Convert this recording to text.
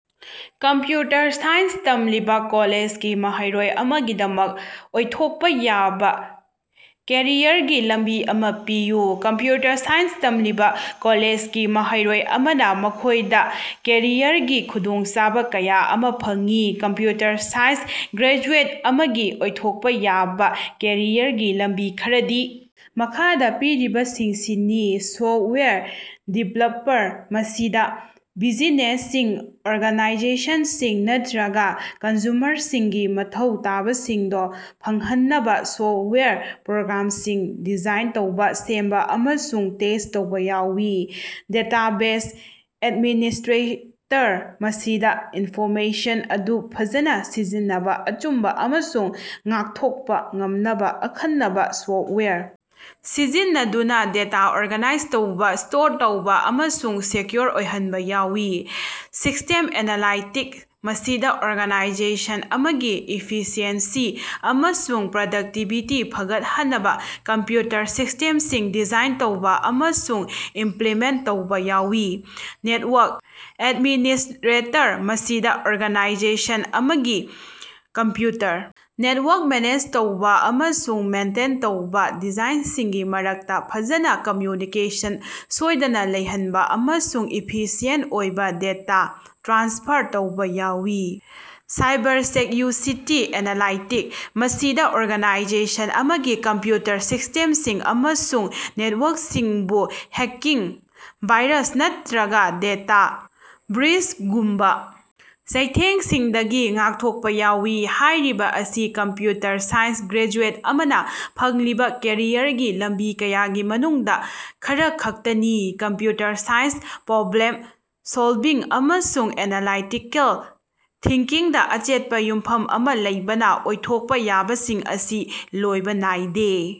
Computer science ꯇꯝꯂꯤꯕ ꯀꯣꯂꯦꯖꯒꯤ ꯃꯍꯩꯔꯣꯏ ꯑꯃꯒꯤꯗꯃꯛ ꯑꯣꯏꯊꯣꯛꯄ ꯌꯥꯕ ꯀꯦꯔꯤꯌꯔꯒꯤ ꯂꯝꯕꯤ ꯑꯃ ꯄꯤꯌꯨ꯫ ꯀꯝꯄ꯭ꯌꯨꯇꯔ ꯁꯥꯏꯟꯁ ꯇꯝꯂꯤꯕ ꯀꯣꯂꯦꯖꯒꯤ ꯃꯍꯩꯔꯣꯏ ꯑꯃꯅ ꯃꯈꯣꯏꯗ ꯀꯦꯔꯤꯌꯔꯒꯤ ꯈꯨꯗꯣꯡꯆꯥꯕ ꯀꯌꯥ ꯑꯃ ꯐꯪꯏ꯫ ꯀꯝꯄ꯭ꯌꯨꯇꯔ ꯁꯥꯏꯟꯁ ꯒ꯭ꯔꯦꯖꯨꯑꯦꯠ ꯑꯃꯒꯤ ꯑꯣꯏꯊꯣꯛꯄ ꯌꯥꯕ ꯀꯦꯔꯤꯌꯔꯒꯤ ꯂꯝꯕꯤ ꯈꯔꯗꯤ ꯃꯈꯥꯗ ꯄꯤꯔꯤꯕꯁꯤꯡꯁꯤꯅꯤ ꯁꯣꯐꯇꯋꯦꯌꯔ ꯗꯤꯚꯂꯞꯄ꯭ꯔ ꯃꯁꯤꯗ ꯕꯤꯖꯤꯅꯦꯁꯁꯤꯡ, ꯑꯣꯔꯒꯥꯅꯥꯏꯖꯦꯁꯟꯁꯤꯡ ꯅꯠꯇ꯭ꯔꯒ ꯀꯟꯖꯨꯃꯔꯁꯤꯡꯒꯤ ꯃꯊꯧ ꯇꯥꯕꯁꯤꯡꯗꯨ ꯐꯪꯍꯟꯅꯕ ꯁꯣꯐꯇꯋꯦꯌꯔ ꯄ꯭ꯔꯣꯒ꯭ꯔꯥꯝꯁꯤꯡ ꯗꯤꯖꯥꯏꯟ ꯇꯧꯕ, ꯁꯦꯝꯕ ꯑꯃꯁꯨꯡ ꯇꯦꯁ꯭ꯠ ꯇꯧꯕ ꯌꯥꯎꯏ꯫ ꯗꯦꯇꯥꯕꯦꯖ ꯑꯦꯗꯃꯤꯅꯤꯁ꯭ꯇꯔꯦꯇꯔ ꯃꯁꯤꯗ ꯏꯅꯐꯣꯔꯃꯦꯁꯟ ꯑꯗꯨ ꯐꯖꯅ ꯁꯤꯖꯤꯟꯅꯕ, ꯑꯆꯨꯝꯕ ꯑꯃꯁꯨꯡ ꯉꯥꯛꯊꯣꯛꯄ ꯉꯝꯅꯕ ꯑꯈꯟꯅꯕ ꯁꯣꯐꯇꯋꯦꯌꯔ ꯁꯤꯖꯤꯟꯅꯗꯨꯅ ꯗꯦꯇꯥ ꯑꯣꯔꯒꯥꯅꯥꯏꯖ ꯇꯧꯕ, ꯁ꯭ꯇꯣꯔ ꯇꯧꯕ ꯑꯃꯁꯨꯡ ꯁꯦꯛꯌꯨꯑꯣꯔ ꯑꯣꯏꯍꯟꯕ ꯌꯥꯎꯏ꯫ ꯁꯤꯁꯇꯦꯝ ꯑꯦꯅꯥꯂꯥꯏꯇꯤꯛ ꯃꯁꯤꯗ ꯑꯣꯔꯒꯅꯥꯏꯖꯦꯁꯟ ꯑꯃꯒꯤ ꯏꯐꯤꯁꯤꯑꯦꯟꯁꯤ ꯑꯃꯁꯨꯡ ꯄ꯭ꯔꯗꯛꯇꯤꯕꯤꯇꯤ ꯐꯒꯠꯍꯟꯅꯕ ꯀꯝꯄ꯭ꯌꯨꯇꯔ ꯁꯤꯁꯇꯦꯝꯁꯤꯡ ꯗꯤꯖꯥꯏꯟ ꯇꯧꯕ ꯑꯃꯁꯨꯡ ꯏꯝꯄ꯭ꯂꯤꯃꯦꯟꯇ ꯇꯧꯕ ꯌꯥꯎꯏ꯫ ꯅꯦꯇꯋꯥꯔꯛ ꯑꯦꯗꯃꯤꯅꯤꯁꯇ꯭ꯔꯦꯇꯔ ꯃꯁꯤꯗ ꯑꯣꯔꯒꯥꯅꯥꯏꯖꯦꯁꯟ ꯑꯃꯒꯤ ꯀꯝꯞꯌꯨꯇꯔ ꯅꯦꯠꯋꯥꯔꯛ ꯃꯦꯅꯦꯖ ꯇꯧꯕ ꯑꯃꯁꯨꯡ ꯃꯦꯟꯇꯦꯟ ꯇꯧꯕ ꯗꯤꯚꯥꯏꯁꯁꯤꯡꯒꯤ ꯃꯔꯛꯇ ꯐꯖꯅ ꯀꯝꯃ꯭ꯌꯨꯅꯤꯀꯦꯁꯟ ꯁꯣꯏꯗꯅ ꯂꯩꯍꯟꯕ ꯑꯃꯁꯨꯡ ꯏꯐꯤꯁꯤꯑꯦꯟꯠ ꯑꯣꯏꯕ ꯗꯦꯇꯥ ꯇ꯭ꯔꯥꯟꯁꯐꯔ ꯇꯧꯕ ꯌꯥꯎꯏ꯫ ꯁꯥꯏꯕꯔꯁꯦꯛꯌꯨꯔꯤꯇꯤ ꯑꯦꯅꯥꯂꯥꯏꯇꯤꯛ: ꯃꯁꯤꯗ ꯑꯣꯔꯒꯥꯅꯥꯏꯖꯦꯁꯟ ꯑꯃꯒꯤ ꯀꯝꯞꯌꯨꯇꯔ ꯁꯤꯁꯇꯦꯝꯁꯤꯡ ꯑꯃꯁꯨꯡ ꯅꯦꯇꯋꯥꯔꯛꯁꯤꯡꯕꯨ ꯍꯦꯛꯀꯤꯡ, ꯚꯥꯏꯔꯁ, ꯅꯠꯇ꯭ꯔꯒꯥ ꯗꯦꯇꯥ ꯕ꯭ꯔꯤꯆꯒꯨꯝꯕ ꯆꯩꯊꯦꯡꯁꯤꯡꯗꯒꯤ ꯉꯥꯛꯊꯣꯛꯄ ꯌꯥꯎꯏ꯫ ꯍꯥꯏꯔꯤꯕ ꯑꯁꯤ ꯀꯝꯄ꯭ꯌꯨꯇꯔ ꯁꯥꯏꯟꯁ ꯒ꯭ꯔꯦꯖꯨꯑꯦꯠ ꯑꯃꯅ ꯐꯪꯂꯤꯕ ꯀꯦꯔꯤꯌꯔꯒꯤ ꯂꯝꯕꯤ ꯀꯌꯥꯒꯤ ꯃꯅꯨꯡꯗ ꯈꯔꯈꯛꯇꯅꯤ꯫ ꯀꯝꯞꯌꯨꯇꯔ ꯁꯥꯏꯟꯁ, ꯄ꯭ꯔꯣꯕ꯭ꯂꯦꯝ ꯁꯣꯜꯕꯤꯡ, ꯑꯃꯁꯨꯡ ꯑꯦꯅꯥꯂꯥꯏꯇꯤꯀꯦꯜ ꯊꯤꯡꯀꯤꯡꯗ ꯑꯆꯦꯠꯄ ꯌꯨꯝꯐꯝ ꯑꯃ ꯂꯩꯕꯅ ꯑꯣꯏꯊꯣꯛꯄ ꯌꯥꯕꯁꯤꯡ ꯑꯁꯤ ꯂꯣꯏꯕ ꯅꯥꯏꯗꯦ꯫